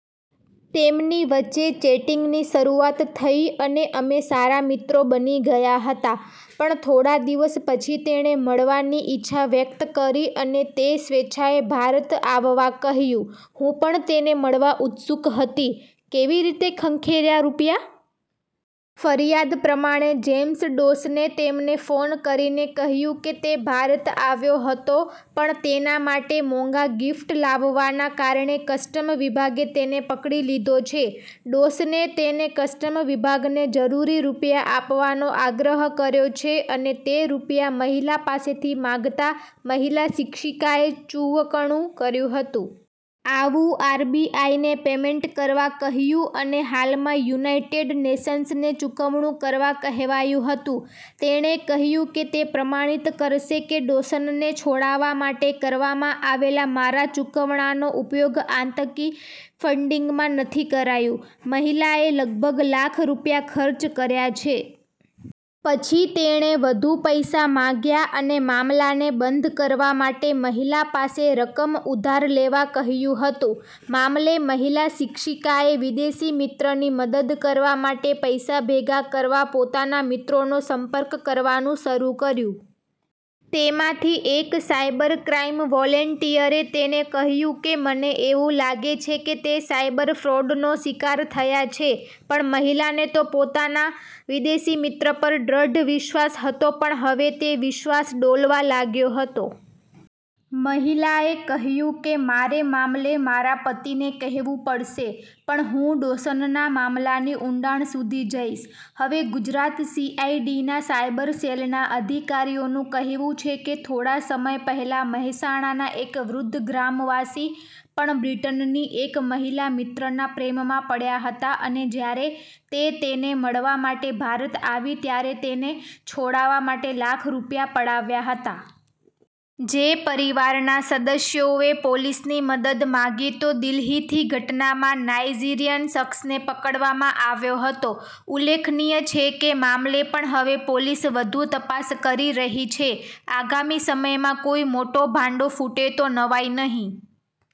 તેમની વચ્ચે ચેટિંગની શરૂઆત થઈ અને અમે સારા મિત્રો બની ગયા હતા, પણ થોડાદિવસ પછી તેણે મળવાની ઈચ્છા વ્યક્ત કરી અને તે સ્વેચ્છાએ ભારત આવવા કહ્યું. હું પણ તેને મળવા ઉત્સુક હતી. કેવી રીતે ખંખેર્યા રૂપિયા? ફરિયાદ પ્રમાણે, જેમ્સ ડોસને તેમને ફોન કરીને કહ્યું કે તે ભારત આવ્યો હતો પણ તેના માટે મોંઘા ગીફ્ટ લાવવાના કારણે કસ્ટમ વિભાગે તેને પકડી લીધો છે. ડોસને તેને કસ્ટમ વિભાગને જરૂરી રૂપિયા આપવાનો આગ્રહ કર્યો છે અને તે રૂપિયા મહિલા પાસેથી માગતા મહિલા શિક્ષિકાએ ચુવકણું કર્યું હતું. આવુંઆરબીઆઈને પેમેન્ટ કરવા કહ્યું અને હાલમાં યુનાઈટેડ નેશન્સ ને ચુકવણું કરવા કહેવાયું હતું. તેણે કહ્યું કે તે પ્રમાણિત કરશે કે ડોશનને છોડાવા માટે કરવામાં આવેલા મારા ચુકવણાનો ઉપયોગ આતંકી ફંડિંગમાં નથી કરાયું. મહિલાએ લગભગ લાખ રૂપિયા ખર્ચ કર્યા છે. પછી તેણે વધુ પૈસા માગ્યા અને મામલાને બંધ કરવા માટે મહિલા પાસે રકમ ઉધાર લેવા કહ્યું હતું. મામલે મહિલા શિક્ષિકાએ વિદેશી મિત્રની મદદ કરવા માટે પૈસા ભેગા કરવા પોતાના મિત્રોનો સંપર્ક કરવાનું શરૂ કર્યું. તેમાંથી એક સાયબર ક્રાઈમ વોલેંટિયરે તેને કહ્યું કે મને એવું લાગે છે કે તે સાયબર ફ્રોડનો શિકાર થયા છે. પણ મહિલાને તો પોતાના વિદેશી મિત્ર પર દ્રઢ વિશ્વાસ હતો પણ હવે તે વિશ્વાસ ડોલવા લાગ્યો હતો. મહિલાએ કહ્યું કે મારેમામલે મારા પતિને કહેવું પડશે, પણ હું ડોશનના મામલાની ઉંડાણ સુધી જઈશ. હવે ગુજરાત સીઆઈડીના સાયબર સેલના અધિકારીઓનું કહેવું છે કે થોડા સમય પહેલા મહેસાણાના એક વૃદ્ધ ગ્રામવાસી પણ બ્રિટનની એક મહિલા મિત્રના પ્રેમમાં પડ્યા હતા અને જ્યારે તે તેને મળવા માટે ભારત આવી ત્યારે તેને છોડાવા માટે લાખ રૂપિયા પડાવ્યા હતા. જે પરિવારના સદસ્યોએ પોલીસની મદદ માગી તો દિલ્હીથીઘટનામાં નાઈઝીરિયન શખ્સને પકડવામાં આવ્યો હતો. ઉલ્લેખનીય છે કેમામલે પણ હવે પોલીસ વધુ તપાસ કરી રહી છે. આગામી સમયમાં કોઈ મોટો ભાંડો ફૂટે તો નવાઈ નહીં.